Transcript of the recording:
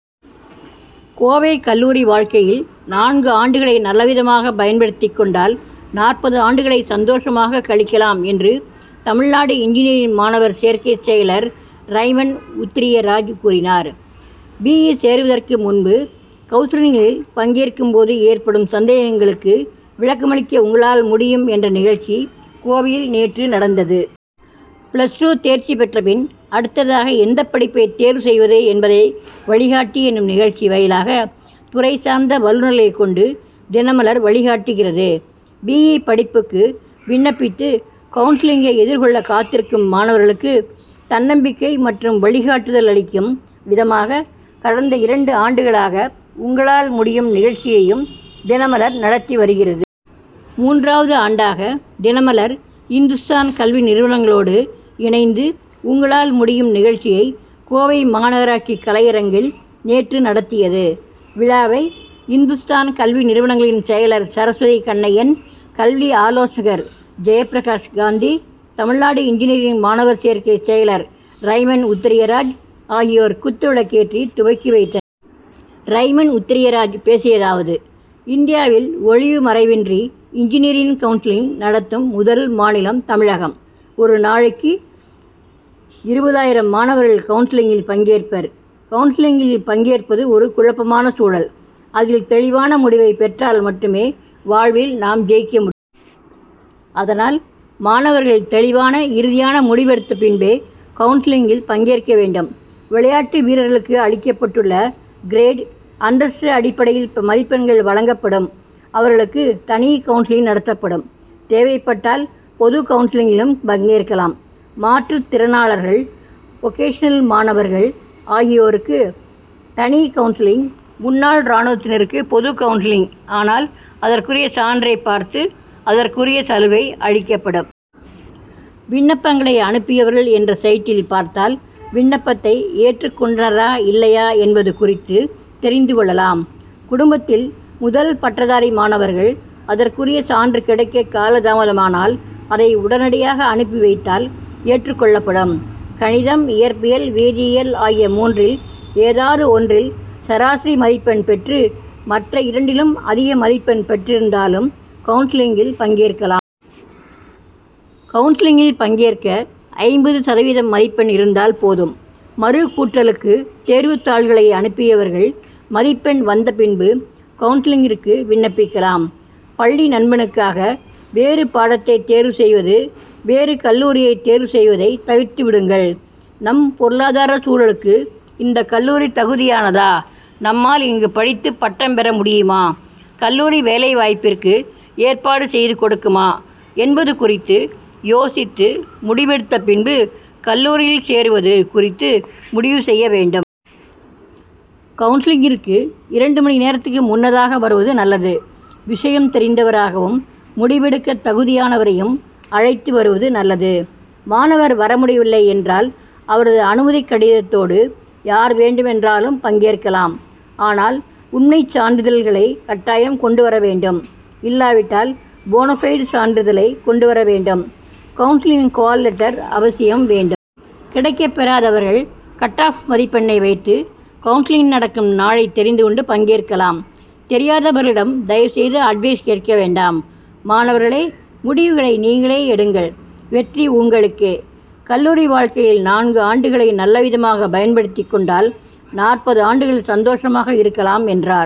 கோவை கல்லூரி வாழ்க்கையில் நான்கு ஆண்டுகளை நல்லவிதமாக பயன்படுத்திக்கொண்டால், நாற்பது ஆண்டுகளை சந்தோஷமாக கழிக்கலாம் என்று தமிழ்நாடு இன்ஜினியரிங் மாணவர் சேர்க்கை செயலர் ரைமண்ட் உத்தரியராஜ் கூறினார். இ., சேருவதற்கு முன்பு கவுன்சிலிங்கில் பங்கேற்கும்போது ஏற்படும் சந்தேகங்களுக்கு விளக்கம் அளிக்க உங்களால் முடியும்' என்ற நிகழ்ச்சி கோவையில் நேற்று நடந்தது. பிளஸ் டூ தேர்ச்சி பெற்ற பின் அடுத்ததாக எந்த படிப்பை தேர்வு செய்வது என்பதை வழிகாட்டி' எனும் நிகழ்ச்சி வாயிலாக துறை சார்ந்த வல்லுனர்களை கொண்டு தினமலர்' வழிகாட்டுகிறது. பி. இ., படிப்புக்கு விண்ணப்பித்து கவுன்சிலிங்கை எதிர்கொள்ள காத்திருக்கும் மாணவர்களுக்கு தன்னம்பிக்கை மற்றும் வழிகாட்டுதல் அளிக்கும் விதமாக, கடந்த இரண்டு ஆண்டுகளாக உங்களால் முடியும்' நிகழ்ச்சியையும் தினமலர் நடத்தி வருகிறது. மூன்றாவது ஆண்டாக தினமலர்' இந்துஸ்தான் கல்வி நிறுவனங்களோடு இணைந்து உங்களால் முடியும்' நிகழ்ச்சியை, கோவை மாநகராட்சி கலையரங்கில் நேற்று நடத்தியது. விழாவை இந்துஸ்தான் கல்வி நிறுவனங்களின் செயலர் சரஸ்வதி கண்ணையன், கல்வி ஆலோசகர் ஜெயப்பிரகாஷ் காந்தி, தமிழ்நாடு இன்ஜினியரிங் மாணவர் சேர்க்கை செயலர் ரைமண்ட் உத்தரியராஜ் ஆகியோர் குத்துவிளக்கேற்றி துவக்கி வைத்தனர். ரைமண்ட் உத்தரியராஜ் பேசியதாவது இந்தியாவில் ஒளிவு மறைவின்றி இன்ஜினியரிங் கவுன்சிலிங் நடத்தும் முதல் மாநிலம் தமிழகம். ஒரு நாளைக்கு இருபது ஆயிரம் மாணவர்கள் கவுன்சிலிங்கில் பங்கேற்பர். கவுன்சிலிங்கில் பங்கேற்பது ஒரு குழப்பமான சூழல். அதில் தெளிவான முடிவை பெற்றால் மட்டுமே வாழ்வில் நாம் ஜெயிக்க முடியும். அதனால் மாணவர்கள் தெளிவான இறுதியான முடிவெடுத்த பின்பே கவுன்சிலிங்கில் பங்கேற்க வேண்டும். விளையாட்டு வீரர்களுக்கு அளிக்கப்பட்டுள்ள கிரேடு, அந்தஸ்து அடிப்படையில் மதிப்பெண்கள் வழங்கப்படும் அவர்களுக்கு தனி கவுன்சிலிங் நடத்தப்படும். தேவைப்பட்டால் பொதுகவுன்சிலிங்கிலும் பங்கேற்கலாம். மாற்றுத்திறனாளர்கள், வொகேசனல் மாணவர்கள் ஆகியோருக்கு தனி கவுன்சிலிங், முன்னாள் ராணுவத்தினருக்கு பொதுகவுன்சிலிங் ஆனால் அதற்குரிய சான்றை பார்த்து அதற்குரிய சலுகை அளிக்கப்படும். விண்ணப்பங்களை அனுப்பியவர்கள் என்ற சைட்டில் பார்த்தால் விண்ணப்பத்தை ஏற்றுக்கொண்டனரா இல்லையா என்பது குறித்து தெரிந்து கொள்ளலாம். குடும்பத்தில் முதல் பட்டதாரி மாணவர்கள் அதற்குரிய சான்று கிடைக்க காலதாமதமானால் அதை உடனடியாக அனுப்பி வைத்தால் ஏற்றுக்கொள்ளப்படும். கணிதம், இயற்பியல், வேதியியல் ஆகிய மூன்றில் ஏதாவது ஒன்றில் சராசரி மதிப்பெண் பெற்று மற்ற இரண்டிலும் அதிக மதிப்பெண் பெற்றிருந்தாலும் கவுன்சிலிங்கில் பங்கேற்கலாம். கவுன்சிலிங்கில் பங்கேற்க ஐம்பது சதவீதம் மதிப்பெண் இருந்தால் போதும். மறுகூட்டலுக்கு தேர்வுத்தாள்களை அனுப்பியவர்கள் மதிப்பெண் வந்தபின்பு கவுன்சிலிங்கிற்கு விண்ணப்பிக்கலாம். பள்ளி நண்பனுக்காக வேறுபாடத்தை தேர்வு செய்வது, வேறு கல்லூரியை தேர்வு செய்வதை தவிர்த்து விடுங்கள். நம் பொருளாதார சூழலுக்கு இந்த கல்லூரி தகுதியானதா, நம்மால் இங்கு படித்து பட்டம் பெறமுடியுமா, கல்லூரி வேலைவாய்ப்பிற்கு ஏற்பாடு செய்து கொடுக்குமா, என்பது குறித்து யோசித்து முடிவெடுத்த பின்பு கல்லூரியில் சேருவது குறித்து முடிவு செய்ய வேண்டும். கவுன்சிலிங்கிற்கு இரண்டு மணி நேரத்திற்கு முன்னதாக வருவது நல்லது, விஷயம் தெரிந்தவராகவும், முடிவெடுக்க தகுதியானவரையும் அழைத்து வருவது நல்லது. மாணவர் வரமுடியவில்லை என்றால் அவரது அனுமதிகடிதத்தோடு யார் வேண்டுமென்றாலும் பங்கேற்கலாம். ஆனால் உண்மை சான்றிதழ்களை கட்டாயம் கொண்டு வரவேண்டும். இல்லாவிட்டால் போனபைடு சான்றிதழை கொண்டுவரவேண்டும். கவுன்சிலிங் கால் லெட்டர் அவசியம் வேண்டும். கிடைக்கப்பெறாதவர்கள் கட் ஆப் மதிப்பெண்ணை வைத்து கவுன்சிலங்க் நடக்கும் நாளை தெரிந்துகொண்டு பங்கேற்கலாம். தெரியாதவர்களிடம் தயவு செய்து அட்வைஸ் கேட்கவேண்டாம். மாணவர்களே முடிவுகளை நீங்களே எடுங்கள். வெற்றி உங்களுக்கே. கல்லூரி வாழ்க்கையில் நான்கு ஆண்டுகளை நல்லவிதமாக பயன்படுத்திக்கொண்டால், நாற்பது ஆண்டுகள் சந்தோஷமாக இருக்கலாம், என்றார்.